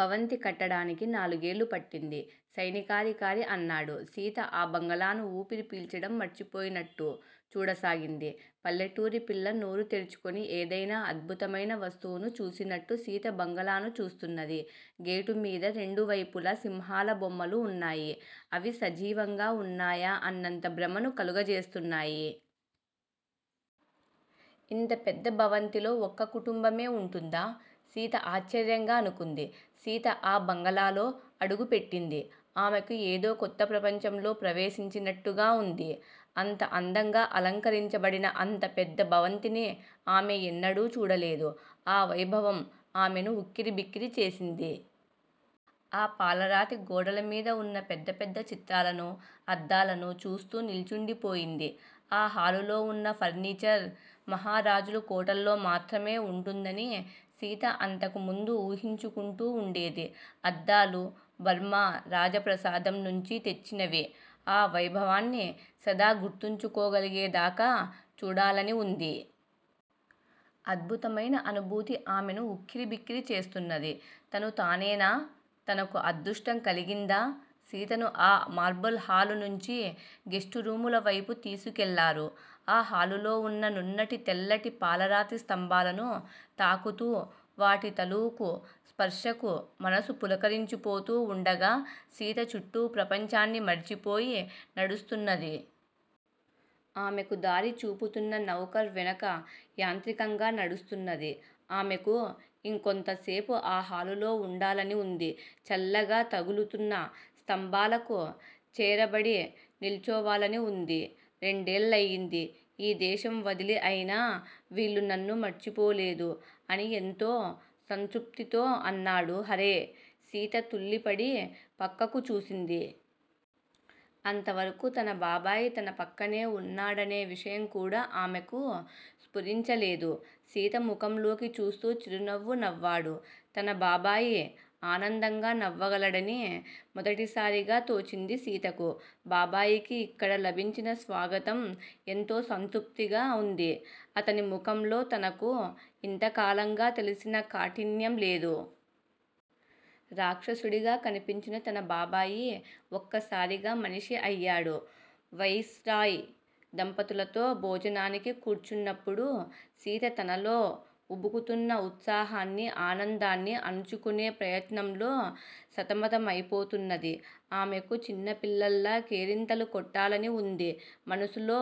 భవంతి కట్టడానికి నాలుగేళ్లు పట్టింది. సైనికాధికారి అన్నాడు. సీత ఆ బంగళాను ఊపిరి పీల్చడం మర్చిపోయినట్టు చూడసాగింది. పల్లెటూరి పిల్ల నోరు తెరుచుకుని ఏదైనా అద్భుతమైన వస్తువును చూసినట్టు సీత బంగళాను చూస్తున్నది. గేటు మీద రెండు వైపులా సింహాల బొమ్మలు ఉన్నాయి. అవి సజీవంగా ఉన్నాయా అన్నంత భ్రమను కలుగజేస్తున్నాయి. ఇంత పెద్ద భవంతిలో ఒక్క కుటుంబమే ఉంటుందా? సీత ఆశ్చర్యంగా అనుకుంది. సీత ఆ బంగళాలో అడుగుపెట్టింది. ఆమెకు ఏదో కొత్త ప్రపంచంలో ప్రవేశించినట్టుగా ఉంది. అంత అందంగా అలంకరించబడిన అంత పెద్ద భవంతిని ఆమె ఎన్నడూ చూడలేదు. ఆ వైభవం ఆమెను ఉక్కిరిబిక్కిరి చేసింది. ఆ పాలరాతి గోడల మీద ఉన్న పెద్ద పెద్ద చిత్రాలనూ, అద్దాలనూ చూస్తూ నిల్చుండిపోయింది. ఆ హాలులో ఉన్న ఫర్నిచర్ మహారాజుల కోటల్లో మాత్రమే ఉంటుందని సీత అంతకుముందు ఊహించుకుంటూ ఉండేది. అద్దాలు బర్మా రాజప్రాసాదం నుంచి తెచ్చినవి. ఆ వైభవాన్ని సదా గుర్తించుకోగలిగేదాకా చూడాలని ఉంది. అద్భుతమైన అనుభూతి ఆమెను ఉక్కిరిబిక్కిరి చేస్తున్నది. తను తనేనా? తనకు అదృష్టం కలిగిందా? సీతను ఆ మార్బుల్ హాలు నుంచి గెస్టు రూముల వైపు తీసుకెళ్లారు. ఆ హాలులో ఉన్న నున్నటి, తెల్లటి పాలరాతి స్తంభాలను తాకుతూ, వాటి తాలూకు స్పర్శకు మనసు పులకరించిపోతూ ఉండగా, సీత చుట్టూ ప్రపంచాన్ని మరచిపోయి నడుస్తున్నది. ఆమెకు దారి చూపుతున్న నౌకరు వెనక యాంత్రికంగా నడుస్తున్నది. ఆమెకు ఇంకొంతసేపు ఆ హాలులో ఉండాలని ఉంది. చల్లగా తగులుతున్న స్తంభాలకు చేరబడి నిల్చోవాలని ఉంది. రెండేళ్లయింది ఈ దేశం వదిలి. అయినా వీళ్లు నన్ను మర్చిపోలేదు అని ఎంతో సంతృప్తితో అన్నాడు హారే. సీత తుళ్లిపడి పక్కకు చూసింది. అంతవరకు తన బాబాయి తన పక్కనే ఉన్నాడనే విషయం కూడా ఆమెకు స్పురించలేదు. సీత ముఖంలోకి చూస్తూ చిరునవ్వు నవ్వాడు. తన బాబాయి ఆనందంగా నవ్వగలడని మొదటిసారిగా తోచింది సీతకు. బాబాయికి ఇక్కడ లభించిన స్వాగతం ఎంతో సంతృప్తిగా ఉంది. అతని ముఖంలో తనకు ఇంతకాలంగా తెలిసిన కాఠిన్యం లేదు. రాక్షసుడిగా కనిపించిన తన బాబాయి ఒక్కసారిగా మనిషి అయ్యాడు. వైస్‌రాయ్ దంపతులతో భోజనానికి కూర్చున్నప్పుడు సీత తనలో ఉబుకుతున్న ఉత్సాహాన్నీ, ఆనందాన్నీ అణుచుకునే ప్రయత్నంలో సతమతమైపోతున్నది. ఆమెకు చిన్నపిల్లలా కేరింతలు కొట్టాలని ఉంది. మనసులో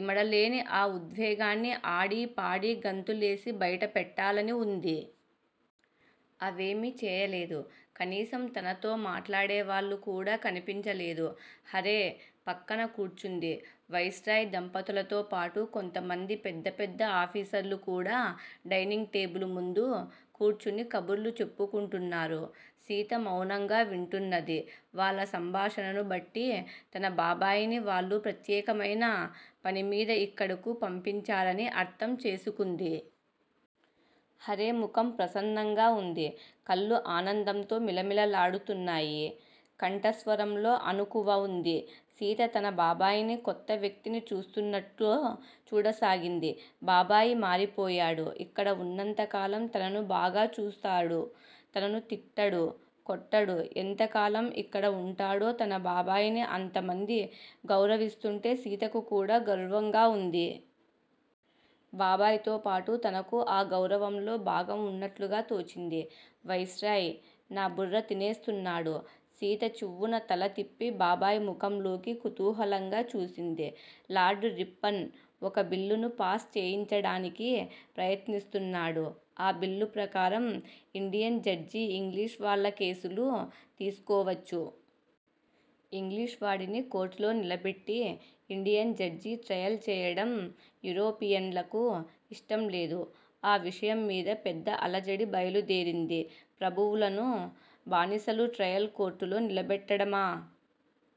ఇమడలేని ఆ ఉద్వేగాన్ని ఆడీ, పాడీ, గంతులేసి బయటపెట్టాలని ఉంది. అవేమీ చేయలేదు. కనీసం తనతో మాట్లాడేవాళ్లు కూడా కనిపించలేదు. హారే పక్కన కూర్చుంది. వైస్‌రాయ్ దంపతులతో పాటు కొంతమంది పెద్ద పెద్ద ఆఫీసర్లు కూడా డైనింగ్ టేబుల్ ముందు కూర్చుని కబుర్లు చెప్పుకుంటున్నారు. సీత మౌనంగా వింటున్నది. వాళ్ల సంభాషణను బట్టి తన బాబాయిని వాళ్లు ప్రత్యేకమైన పనిమీద ఇక్కడకు పంపించారని అర్థం చేసుకుంది. హారే ముఖం ప్రసన్నంగా ఉంది. కళ్లు ఆనందంతో మిలమిలలాడుతున్నాయి. కంఠస్వరంలో అణకువ ఉంది. సీత తన బాబాయిని కొత్త వ్యక్తిని చూస్తున్నట్లు చూడసాగింది. బాబాయి మారిపోయాడు. ఇక్కడ ఉన్నంతకాలం తనను బాగా చూస్తాడు. తనను తిట్టడు. కొట్టడు. ఎంతకాలం ఇక్కడ ఉంటాడో? తన బాబాయిని అంతమంది గౌరవిస్తుంటే సీతకు కూడా గర్వంగా ఉంది. బాబాయితో పాటు తనకూ ఆ గౌరవంలో భాగం ఉన్నట్లుగా తోచింది. వైస్‌రాయ్ నా బుర్ర తినేస్తున్నాడు. సీత చివ్వున తల తిప్పి బాబాయి ముఖంలోకి కుతూహలంగా చూసింది. లార్డ్ రిప్పన్ ఒక బిల్లును పాస్ చేయించడానికి ప్రయత్నిస్తున్నాడు. ఆ బిల్లు ప్రకారం ఇండియన్ జడ్జి ఇంగ్లీషువాళ్ల కేసులు తీసుకోవచ్చు. ఇంగ్లీషువాడిని కోర్టులో నిలబెట్టి ఇండియన్ జడ్జి ట్రయల్ చేయడం యూరోపియన్లకు ఇష్టంలేదు. ఆ విషయం మీద పెద్ద అలజడి బయలుదేరింది. ప్రభువులను బానిసలు ట్రయల్ కోర్టులో నిలబెట్టడమా?